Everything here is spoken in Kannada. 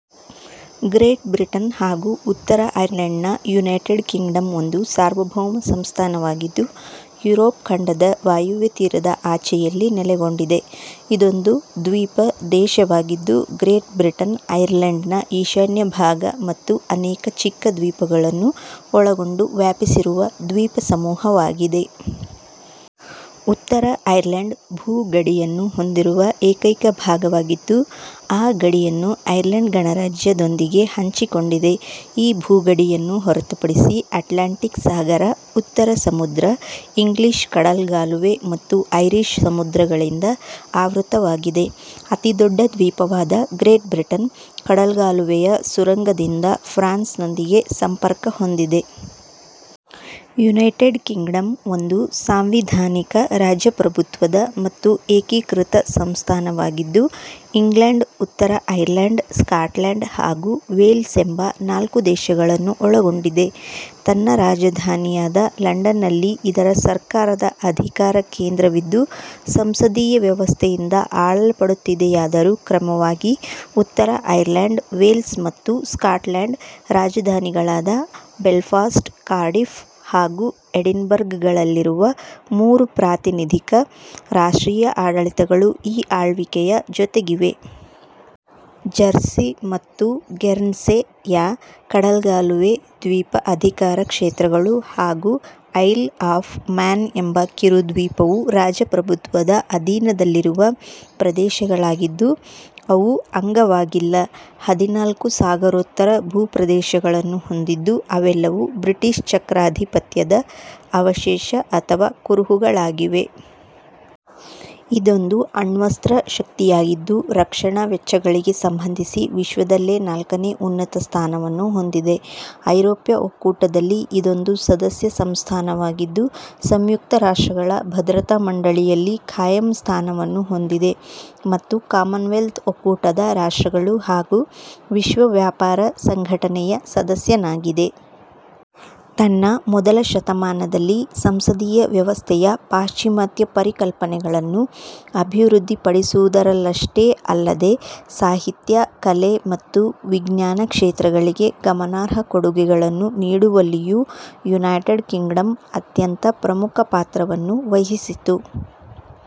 ಗ್ರೇಟ್ ಬ್ರಿಟನ್ ಹಾಗೂ ಉತ್ತರ ಐರ್ಲೆಂಡ್ನ ಯುನೈಟೆಡ್ ಕಿಂಗ್ಡಂ ಒಂದು ಸಾರ್ವಭೌಮ ಸಂಸ್ಥಾನ ವಾಗಿದ್ದು ಯುರೋಪ್ ಖಂಡದ ವಾಯುವ್ಯ ತೀರದ ಆಚೆಯಲ್ಲಿ ನೆಲೆಗೊಂಡಿದೆ. ಇದೊಂದು ದ್ವೀಪ ದೇಶ ವಾಗಿದ್ದು, ಗ್ರೇಟ್ ಬ್ರಿಟನ್, ಐರ್ಲೆಂಡ್ ನ ಈಶಾನ್ಯ ಭಾಗ ಮತ್ತು ಅನೇಕ ಚಿಕ್ಕ ದ್ವೀಪಗಳನ್ನು ಒಳಗೊಂಡು ವ್ಯಾಪಿಸಿರುವ ದ್ವೀಪಸಮೂಹ ವಾಗಿದೆ. ಉತ್ತರ ಐರ್ಲೆಂಡ್, ಭೂ ಗಡಿಯನ್ನು ಹೊಂದಿರುವ ಏಕೈಕ ಭಾಗವಾಗಿದ್ದು ಆ ಗಡಿಯನ್ನು ಐರ್ಲೆಂಡ್ ಗಣರಾಜ್ಯ ದೊಂದಿಗೆ ಹಂಚಿಕೊಂಡಿದೆ. ಈ ಭೂಗಡಿಯನ್ನು ಹೊರತುಪಡಿಸಿ ಅಟ್ಲಾಂಟಿಕ್ ಸಾಗರ, ಉತ್ತರ ಸಮುದ್ರ, ಇಂಗ್ಲಿಷ್ ಕಡಲ್ಗಾಲುವೆ ಮತ್ತು ಐರಿಷ್ ಸಮುದ್ರ ಗಳಿಂದ ಆವೃತವಾಗಿದೆ. ಅತಿದೊಡ್ಡ ದ್ವೀಪವಾದ ಗ್ರೇಟ್ ಬ್ರಿಟನ್, ಕಡಲ್ಗಾಲುವೆಯ ಸುರಂಗ ದಿಂದ ಫ್ರಾನ್ಸ್ ನೊಂದಿಗೆ ಸಂಪರ್ಕ ಹೊಂದಿದೆ. ಯುನೈಟೆಡ್ ಕಿಂಗ್ಡಂ ಒಂದು ಸಾಂವಿಧಾನಿಕ ರಾಜಪ್ರಭುತ್ವ ದ ಮತ್ತು ಏಕೀಕೃತ ಸಂಸ್ಥಾನ ವಾಗಿದ್ದು, ಇಂಗ್ಲೆಂಡ್, ಉತ್ತರ ಐರ್ಲೆಂಡ್, ಸ್ಕಾಟ್ಲೆಂಡ್ ಹಾಗೂ ವೇಲ್ಸ್ ಎಂಬ ನಾಲ್ಕು ದೇಶಗಳನ್ನು ಒಳಗೊಂಡಿದೆ. ತನ್ನ ರಾಜಧಾನಿ ಯಾದ ಲಂಡನ್ ನಲ್ಲಿ ಇದರ ಸರ್ಕಾರದ ಅಧಿಕಾರ ಕೇಂದ್ರ ವಿದ್ದು ಸಂಸದೀಯ ವ್ಯವಸ್ಥೆ ಯಿಂದ ಆಳಲ್ಪಡುತ್ತಿದೆಯಾದರೂ, ಕ್ರಮವಾಗಿ ಉತ್ತರ ಐರ್ಲೆಂಡ್, ವೇಲ್ಸ್ ಮತ್ತು ಸ್ಕಾಟ್ಲೆಂಡ್ನ ರಾಜಧಾನಿಗಳಾದ ಬೆಲ್ಫಾಸ್ಟ್, ಕಾರ್ಡಿಫ್ ಹಾಗೂ ಎಡಿನ್ಬರ್ಗ್ ಗಳಲ್ಲಿರುವ ಮೂರು ಪ್ರಾತಿನಿಧಿಕ ರಾಷ್ಟ್ರೀಯ ಆಡಳಿತಗಳೂ ಈ ಆಳ್ವಿಕೆಯ ಜೊತೆಗಿವೆ. ಜೆರ್ಸಿ ಮತ್ತು ಗೆರ್ನ್ಸೆ ಯ ಕಡಲ್ಗಾಲುವೆ ದ್ವೀಪ ಅಧಿಕಾರ ಕ್ಷೇತ್ರ ಗಳು ಹಾಗೂ ಐಲ್ ಆಫ್ ಮ್ಯಾನ್ ಎಂಬ ಕಿರುದ್ವೀಪವು ರಾಜಪ್ರಭುತ್ವದ ಅಧೀನದಲ್ಲಿರುವ ಪ್ರದೇಶ ಗಳಾಗಿದ್ದು, ಅವು ಅಂಗವಾಗಿಲ್ಲ. ಹದಿನಾಲ್ಕು ಸಾಗರೋತ್ತರ ಭೂ ಪ್ರದೇಶ ಗಳನ್ನು ಹೊಂದಿದ್ದು ಅವೆಲ್ಲವೂ ಬ್ರಿಟಿಷ್ ಚಕ್ರಾಧಿಪತ್ಯ ದ ಅವಶೇಷ ಅಥವಾ ಕುರುಹುಗಳಾಗಿವೆ. ಇದೊಂದು ಅಣ್ವಸ್ತ್ರ ಶಕ್ತಿ ಯಾಗಿದ್ದು, ರಕ್ಷಣಾ ವೆಚ್ಚ ಗಳಿಗೆ ಸಂಬಂಧಿಸಿ ವಿಶ್ವದಲ್ಲೇ ನಾಲ್ಕನೇ ಉನ್ನತ ಸ್ಥಾನವನ್ನು ಹೊಂದಿದೆ. ಐರೋಪ್ಯ ಒಕ್ಕೂಟ ದಲ್ಲಿ ಇದೊಂದು ಸದಸ್ಯ ಸಂಸ್ಥಾನ ವಾಗಿದ್ದು, ಸಂಯುಕ್ತ ರಾಷ್ಟ್ರಗಳ ಭದ್ರತಾ ಮಂಡಳಿ ಯಲ್ಲಿ ಖಾಯಂ ಸ್ಥಾನವನ್ನು ಹೊಂದಿದೆ, ಮತ್ತು ಕಾಮನ್ವೆಲ್ತ್ ಒಕ್ಕೂಟದ ರಾಷ್ಟ್ರಗಳು, ಹಾಗೂ ವಿಶ್ವ ವ್ಯಾಪಾರ ಸಂಘಟನೆ ಯ ಸದಸ್ಯನಾಗಿದೆ. ತನ್ನ ಮೊದಲ ಶತಮಾನದಲ್ಲಿ, ಸಂಸದೀಯ ವ್ಯವಸ್ಥೆ ಯ ಪಾಶ್ಚಿಮಾತ್ಯ ಪರಿಕಲ್ಪನೆಗಳನ್ನು ಅಭಿವೃದ್ಧಿಪಡಿಸುವುದರಲ್ಲಷ್ಟೇ ಅಲ್ಲದೇ, ಸಾಹಿತ್ಯ, ಕಲೆ ಮತ್ತು ವಿಜ್ಞಾನ ಕ್ಷೇತ್ರಗಳಿಗೆ ಗಮನಾರ್ಹ ಕೊಡುಗೆಗಳನ್ನು ನೀಡುವಲ್ಲಿಯೂ ಯುನೈಟೆಡ್ ಕಿಂಗ್ಡಂ ಅತ್ಯಂತ ಪ್ರಮುಖ ಪಾತ್ರವನ್ನು ವಹಿಸಿತು.